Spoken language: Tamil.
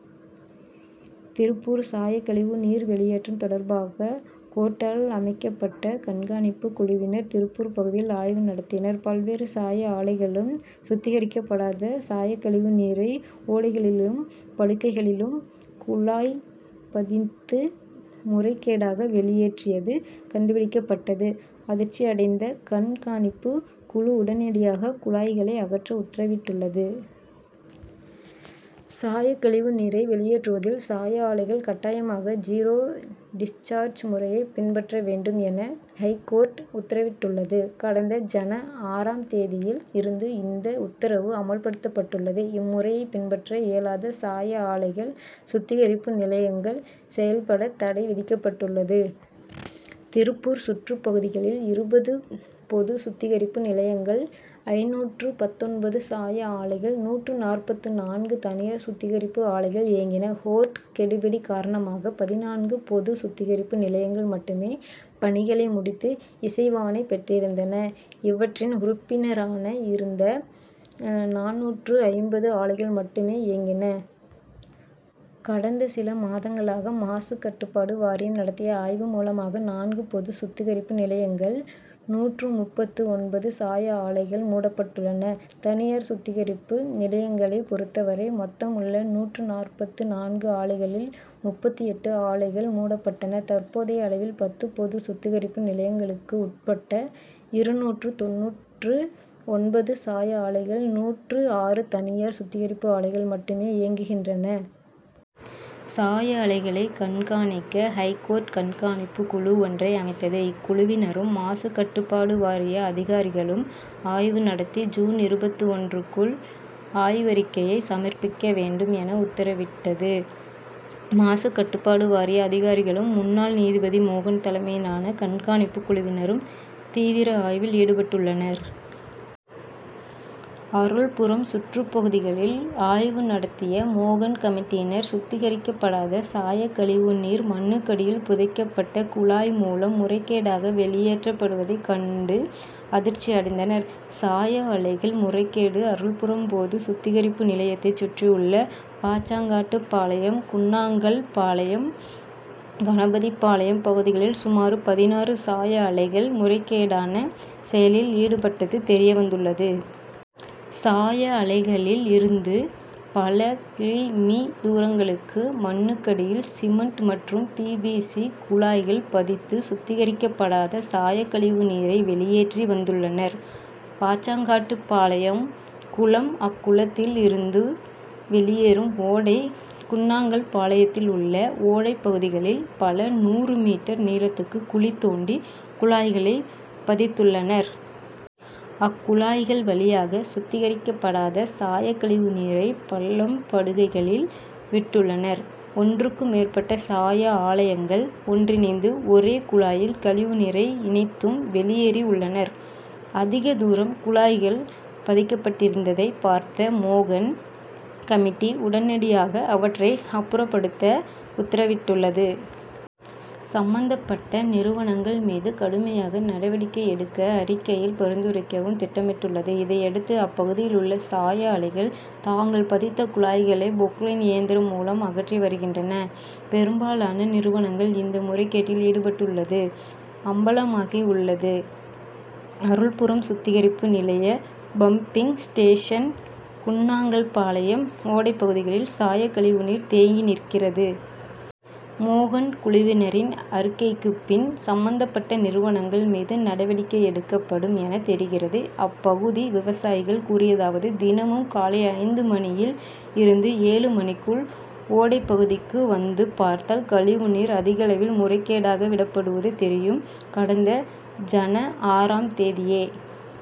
திருப்பூர் சாயக்கழிவு நீர் வெளியேற்றம் தொடர்பாக, கோர்ட்டால் அமைக்கப் பட்ட கண்காணிப்பு குழுவினர், திருப்பூர் பகுதியில் ஆய்வு நடத்தினர். பல்வேறு சாய ஆலைகளும், சுத்திகரிக்கப்படாத சாயக்கழிவு நீரை ஓடைகளிலும், படுகைகளிலும் குழாய் பதித்து முறைகேடாக வெளியேற்றியது கண்டுபிடிக்கப்பட்டது. அதிர்ச்சியடைந்த கண் காணிப்பு குழு, உடனடியாக குழாய்களை அகற்ற உத்தரவிட்டுள்ளது. சாயக்கழிவு நீரை வெளியேற்றுவதில் சாய ஆலைகள் கட்டாயமாக ஜீரோ டிஸ்சார்ஜ்' முறையை பின்பற்ற வேண்டும் என ஐகோர்ட் உத்தரவிட்டுள்ளது. கடந்த ஜன., ஆறு ம் தேதியில் இருந்து இந்த உத்தரவு அமல்படுத்தப்பட்டுள்ளது. இம்முறையை பின்பற்ற இயலாத சாய ஆலைகள், சுத்திகரிப்பு நிலையங்கள் செயல்பட தடை விதிக்கப்பட்டுள்ளது. திருப்பூர் சுற்றுப்பகுதிகளில் இருபது பொது சுத்திகரிப்பு நிலையங்கள், ஐந்நூற்று பத்தொன்பது சாய ஆலைகள், நூற்று நாற்பத்து நான்கு தனியார் சுத்திகரிப்பு ஆலைகள் இயங்கின. கோர்ட் கெடுபிடி காரணமாக, பதினான்கு பொது சுத்திகரிப்பு நிலையங்கள் மட்டுமே பணிகளை முடித்து இசைவாணை பெற்றிருந்தன. இவற்றின் உறுப்பினராக இருந்த நானூற்று ஐம்பது ஆலைகள் மட்டுமே இயங்கின. கடந்த சில மாதங்களாக மாசு கட்டுப்பாடு வாரியம் நடத்திய ஆய்வு மூலமாக, நான்கு பொது சுத்திகரிப்பு நிலையங்கள், நூற்று முப்பத்து ஒன்பது சாய ஆலைகள் மூடப்பட்டுள்ளன. தனியார் சுத்திகரிப்பு நிலையங்களை பொறுத்தவரை, மொத்தமுள்ள நூற்று நாற்பத்து நான்கு ஆலைகளில், முப்பத்து எட்டு ஆலைகள் மூடப்பட்டன. தற்போதைய அளவில், பத்து பொது சுத்திகரிப்பு நிலையங்களுக்கு உட்பட்ட இருநூற்று தொண்ணூற்று ஒன்பது சாய ஆலைகள், நூற்று ஆறு தனியார் சுத்திகரிப்பு ஆலைகள் மட்டுமே இயங்குகின்றன. சாய ஆலைகளை கண் காணிக்க, ஐகோர்ட் கண் காணிப்பு குழு ஒன்றை அமைத்தது. இக்குழுவினரும், மாசு கட்டுப் பாடு வாரிய அதிகாரிகளும் ஆய்வு நடத்தி, ஜூன் இருபத்து ஒன்று க்குள் ஆய்வறிக்கையை சமர்ப்பிக்க வேண்டும் என உத்தரவிட்டது. மாசு கட்டுப்பாடு வாரிய அதிகாரிகளும், முன்னாள் நீதிபதி மோகன் தலைமையிலான கண்காணிப்பு குழுவினரும் தீவிர ஆய்வில் ஈடுபட்டுள்ளனர். அருள்புரம் சுற்றுப்பகுதிகளில் ஆய்வு நடத்திய மோகன் கமிட்டியினர், சுத்திகரிக்கப் படாத சாயக்கழிவு நீர் மண்ணுக்கடியில் புதைக் கப்பட்ட குழாய் மூலம் முறைகேடாக வெளியேற்றப் படுவதைக் கண்டு அதிர்ச்சி அடைந்தனர். சாய ஆலைகள் முறைகேடு அருள்புரம் பொது சுத்திகரிப்பு நிலையத்தைச் சுற்றியுள்ள பாச்சாங்காட்டுப்பாளையம், குன்னாங்கல்பாளையம், கணபதிபாளையம் பகுதிகளில் சுமார் பதினாறு சாய ஆலைகள் முறைகேடான செயலில் ஈடுபட்டது தெரியவந்துள்ளது. சாய ஆலைகளில் இருந்து பல கி. மீ., தூரங்களுக்கு மண்ணுக்கடியில் சிமென்ட் மற்றும் பிவிசி' குழாய்கள் பதித்து, சுத்திகரிக் கப்படாத சாயக்கழிவு நீரை வெளியேற்றி வந்துள்ளனர். பாச்சாங்காட்டுப்பாளையம் குளம், அக்குளத்தில் இருந்து வெளியேறும் ஓடை, குன்னாங் கல் பாளையத்தில் உள்ள ஓடைப்பகுதிகளில் பல நூறு மீட்டர் நீளத்துக்கு குழி தோண்டி குழாய்களைப் பதித் துள்ளனர். அக்குழாய்கள் வழியாக சுத்திகரிக்கப்படாத சாயக்கழிவு நீரை பள்ளம், படுகைகளில் விட்டுள்ளனர். ஒன்றுக்கும் மேற்பட்ட சாய ஆலைகள் ஒன்றிணைந்து ஒரே குழாயில் கழிவு நீரை இணைத் தும் வெளியேற்றி உள்ளனர். அதிக தூரம் குழாய்கள் பதிக் கப்பட்டிருந்ததை பார்த்த மோகன் கமிட்டி, உடனடியாக அவற்றை அப்புறப்படுத்த உத் தரவிட்டுள்ளது. சம்பந்தப் பட்ட நிறுவனங்கள் மீது கடுமையாக நடவடிக்கை எடுக்க, அறிக்கையில் பரிந்துரைக்கவும் திட்டமிட்டுள்ளது. இதையடுத்து, அப்பகுதியில் உள்ள சாய ஆலைகள், தாங்கள் பதித்த குழாய்களை பொக் லைன் இயந்திரம் மூலம் அகற்றி வருகின்றன. பெரும் பாலான நிறுவனங்கள், இந்த முறைகேட்டில் ஈடுபட்டுள்ளது அம்பலமாகி உள்ளது. அருள்புரம் சுத்திகரிப்பு நிலைய பம்பிங் ஸ்டேஷன், குன்னாங் கல்பாளையம் ஓடை பகுதிகளில் சாயக்கழிவு நீர் தேங்கி நிற்கிறது. மோகன் குழுவினரின் அறிக்கைக்குப்பின், சம்பந்தப்பட்ட நிறுவனங்கள் மீது நடவடிக்கை எடுக்கப் படும் என தெரிகிறது. அப்பகுதி விவசாயிகள் கூறியதாவது தினமும் காலை ஐந்து மணியில் இருந்து ஏழு மணிக்குள் ஓடைப்பகுதிக்கு வந்து பார்த்தால், கழிவு நீர் அதிகளவில் முறைகேடாக விடப் படுவது தெரியும். கடந்த ஜன., ஆறாம் தேதியே